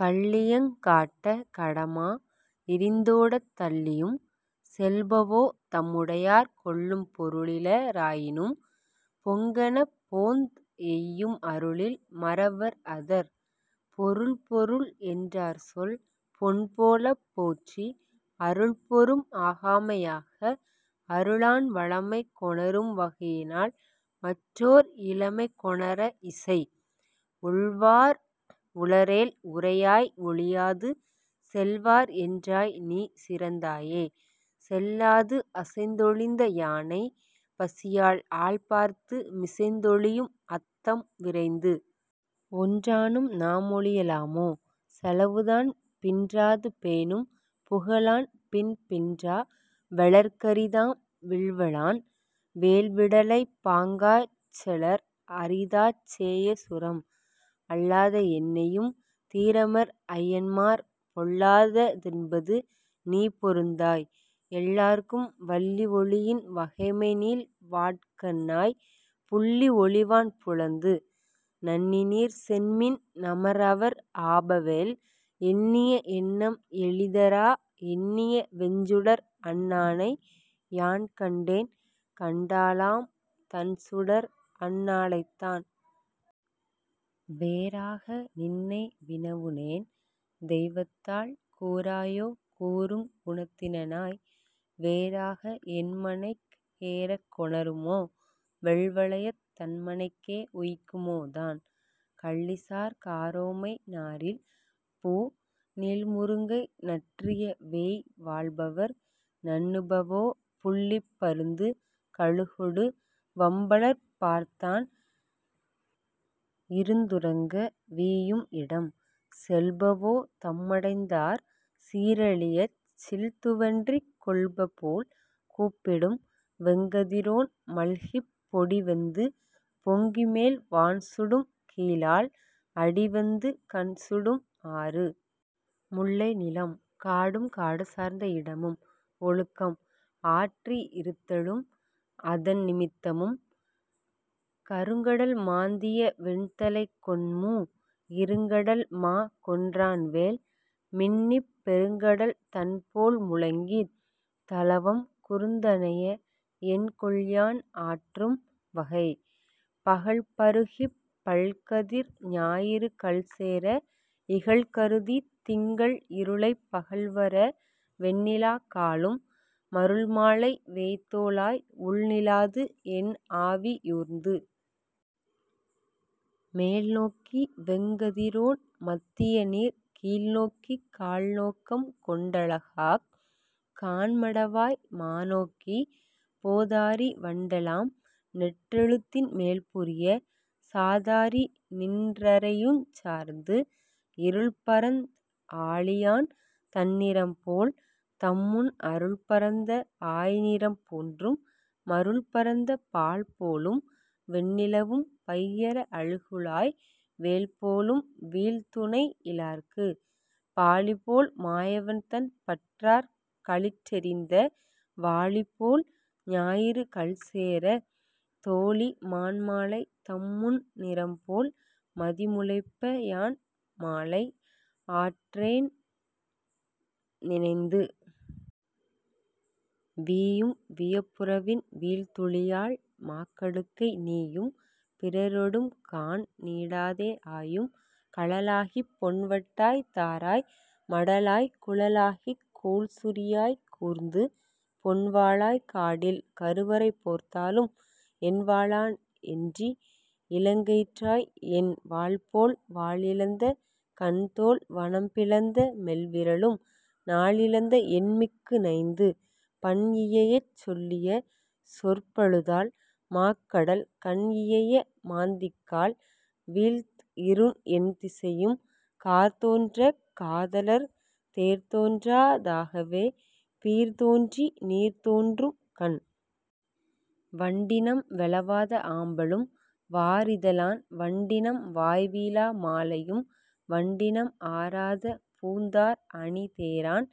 கள்ளியங் காட்ட கடமா இரிந்தோடத் தள்ளியும் செல்பவோ தம்முடையார் கொள்ளும் பொருளில ராயினும் பொங்கெனப்போந் எய்யும் அருளில் மறவர் அதர். பொருள் பொருள் என்றார்சொல் பொன்போலப் போற்றி அருள்பொருள் ஆகாமை யாக அருளான் வளமை கொணரும் வகையினால் மற்றோர் இளமை கொணர இசை. ஒல்வார் உளரேல் உரையாய் ஒழியாது செல்வார்என் றாய்நீ சிறந்தாயே செல்லாது அசைந்தொழிந்த யானை பசியால்ஆள் பார்த்து மிசைந்தொழியும் அத்தம் விரைந்து. ஒன்றானும் நாமொழிய லாமோ செலவுதான் பின்றாது பேணும் புகழான்பின் பின்றா வெலற்கரிதாம் வில்வலான் வேல்விடலை பாங்காச் செலற் அரிதாச் சேய சுரம். அல்லாத என்னையும் தீரமற் ஐயன்மார் பொல்லாத தென்பது நீபொருந்தாய் எல்லார்க்கும் வல்லி ஒழியின் வகைமைநீள் வாட்கண்ணாய் புல்லி ஒழிவான் புலந்து. நண்ணிநீர் சென்மின் நமர்அவர் ஆபவேல் எண்ணிய எண்ணம் எளிதரா எண்ணிய வெஞ்சுடர் அன்னானை யான்கண்டேன் கண்டாளாம் தண்சுடர் அன்னாளைத் தான். வேறாக நின்னை வினவுனேன் தெய்வத்தால் கூறாயோ கூறுங் குணத்தினனாய் வேறாக என்மனைக் ஏறக்கொணருமோ வெல்வளையைத் தன்மனைக்கே உய்க்குமோ தான். கள்ளிசார் காரோமை நாரில்பூ நீள்முருங்கை நற்றியவேய் வாழ்பவர் நண்ணுபவோ புள்ளிப் பருந்து கழுகொடு வம்பலர்ப் பார்த்தாண் இருந்துறங்க வீயும் இடம். செல்பவோ தம்மடைந்தார் சீரழியச் சிள்துவன்றிக் கொல்பபோல் கூப்பிடும் வெங்கதிரோன் மல்கிப் பொடிவெந்து பொங்கிமேல் வான்சுடும் கீழால் அடிவெந்து கண்சுடும் ஆறு.. முல்லை நிலம்: காடும் காடு சார்ந்த இடமும். ஒழுக்கம்: ஆற்றி இருத்தலும் அதன் நிமித்தமும். கருங்கடல் மாந்திய வெண்தலைக் கொண்மூ இருங்கடல்மா கொன்றான்வேல் மின்னிப் பெருங்கடல் தன்போல் முழங்கித் தளவம் குருந்தனைய என்கொல்யான் ஆற்றும் வகை. பகல்பருகிப் பல்கதிர் ஞாயிறுகல் சேர இகல்கருதித் திங்கள் இருளைப் பகல்வர வெண்ணிலாக் காலும் மருள்மாலை வேய்த்தோளாய் உள் நிலாது என்ஆவி யூர்ந்து. மேல்நோக்கி வெங்கதிரோன் மத்தியநீர் கீழ் நோக்கிக் கால்நோக்கம் கொண்டழகாக் காண்மடவாய் மானோக்கி போதாரி வண்டெலாம் நெட்டெழுத்தின் மேல்புரிய சாதாரி நின்றறையுஞ் சார்ந்து. இருள்பரந் ஆழியான் தன்னிறம்போல் தம்முன் அருள்பரந்த ஆய்நிறம் போன்றும் மருள்பரந்த பால்போலும் வெண்ணிலவும் பையர அல்குலாய் வேல்போலும் வீழ் துணைஇ லார்க்கு. பாழிபோல் மாயவன்தன் பற்றார் களிற்றெறிந்த வாழிபோல் ஞாயிறு கல்சேரத் தோழி மான்மாலை தம்முன் நிறம்போல் மதிமுளைப்ப யான்மாலை ஆற்றேன் நினைந்து. வீயும் வியப்புறவின் வீழ்துளியால் மாக்கடுக்கை நீயும் பிறரொடும்காண் நீடாதே ஆயும் கழலாகிப் பொன்வட்டாய்த் தாராய் மடலாய்க் குழலாகிக் கோல்சுரியாய்க் கூர்ந்து. பொன்வாளால் காடில் கருவரை போர்த்தாலும் என்வாளா என்றி இலங்கெயிற்றாய் என் வாள்போல் வாள்இழந்த கண்தோள் வனம்பிழந்த மெல்விரலும் நாள்இழந்த எண்மிக்கு நைந்து. பண்இயையச் சொல்லிய சொற்பழுதால் மாக்கடல் கண்இயைய மாந்திக்கால் வீழ்த் இருண் எண்திசையும் கார்தோன்றக் காதலர் தேர்தோன்றா தாகவே பீர்தோன்றி நீர்தோன்றும் கண். வண்டினம் வௌவாத ஆம்பலும் வாரிதழான் வண்டினம் வாய்வீழா மாலையும் வண்டினம் ஆராத பூந்தார் அணிதேரான்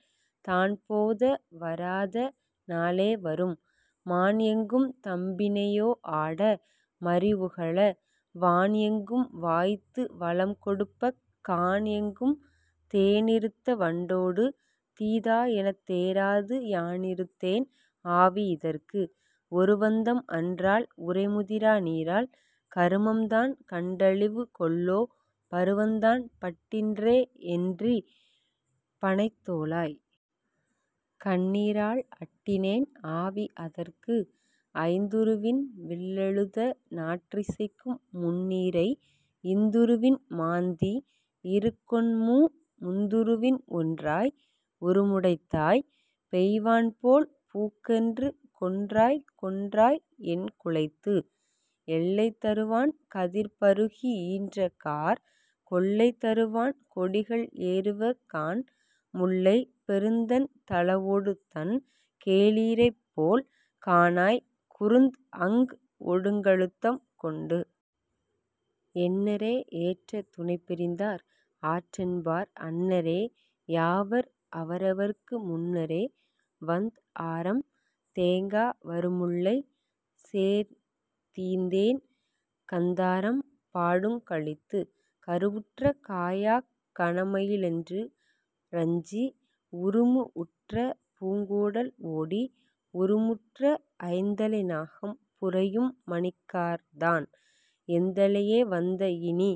தான்போத வாராத நாளே வரும். மான்எங்கும் தம்பிணையோ ஆட மறிஉகள வான்எங்கும் வாய்த்து வளம்கொடுப்பக் கான்எங்கும் தேனிறுத்த வண்டோடு தீதா எனத்தேராது யானிறுத்தேன் ஆவி இதற்கு. ஒருவந்தம் அன்றால் உறைமுதிரா நீரால் கருமம்தான் கண்டழிவு கொல்லோ பருவந்தான் பட்டின்றே என்றி பணைத் தோளாய்! கண்ணீரால் அட்டினேன் ஆவி அதற்கு. ஐந்துருவின் வில்லெழுத நாற்றிசைக்கும் முந்நீரை இந்துருவின் மாந்தி இருங்கொண்மூ முந்துருவின் ஒன்றாய் உருமுடைத்தாய் பெய்வான்போல் பூக்கென்று கொன்றாய்கொன் றாய்என் குழைத்து. எல்லை தருவான் கதிர் பருகி யீன்றகார் கொல்லைதரு வான்கொடிகள் ஏறுவகாண் முல்லை பெருந்தண் தளவொடுதம் கேளிரைப்போல் காணாய் குருந்அங் ஒடுங்கழுத்தம் கொண்டு. என்னரே ஏற்ற துணைப்பிரிந்தார் ஆற்றென்பார் அன்னரே யாவர் அவரவர்க்கு முன்னரே வந்ஆரம் தேங்கா வருமுல்லை, சேர்தீந்தேன் கந்தாரம் பாடுங் களித்து. கருவுற்ற காயாக் கணமயிலென்று றஞ்சி உருமுஉற்ற பூங்கோடல் ஓடி உருமுற்ற ஐந்தலை நாகம் புரையும் மணிக்கார்தான் எந்தலையே வந்த இனி.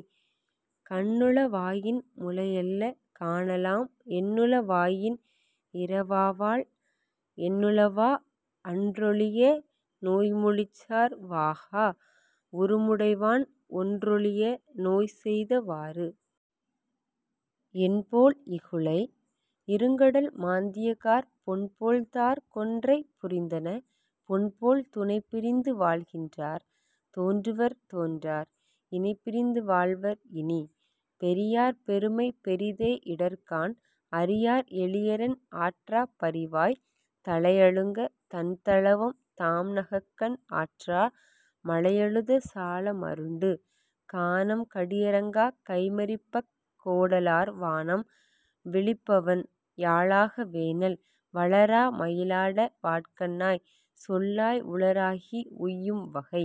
கண்ணுள வாயின் முலையல்லை காணலாம் எண்ணுள வாயின் இறவாவால் எண்ணுளவா அன்றொழிய நோய்மொழிச்சார் வாகா உருமுடை வான் ஒன்றொழிய நோய்செய்த வாறு. என்போல் இகுளை! இருங்கடல் மாந்தியகார் பொன்போல்தார் கொன்றை புரிந்தன பொன்போல் துணைபிரிந்து வாழ்கின்றார் தோன்றுவர் தோன்றார், இணைபிரிந்து வாழ்வர் இனி. பெரியார் பெருமை பெரிதே இடர்க்காண் அரியார் எளியரென் ஆற்றாப் பரிவாய்த் தலையழுங்க தண்தளவம் தாம்நகக்கண் ஆற்றா மலையழுத சால மருண்டு. கானம் கடியரங்காக் கைம்மறிப்பக் கோடலார் வானம் விளிப்பவண் யாழாக வேனல் வளரா மயிலாட வாட்கண்ணாய்! சொல்லாய் உளராகி உய்யும் வகை.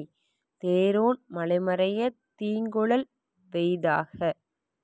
தேரோன் மலைமறையத் தீங்குழல் வெய்தாக।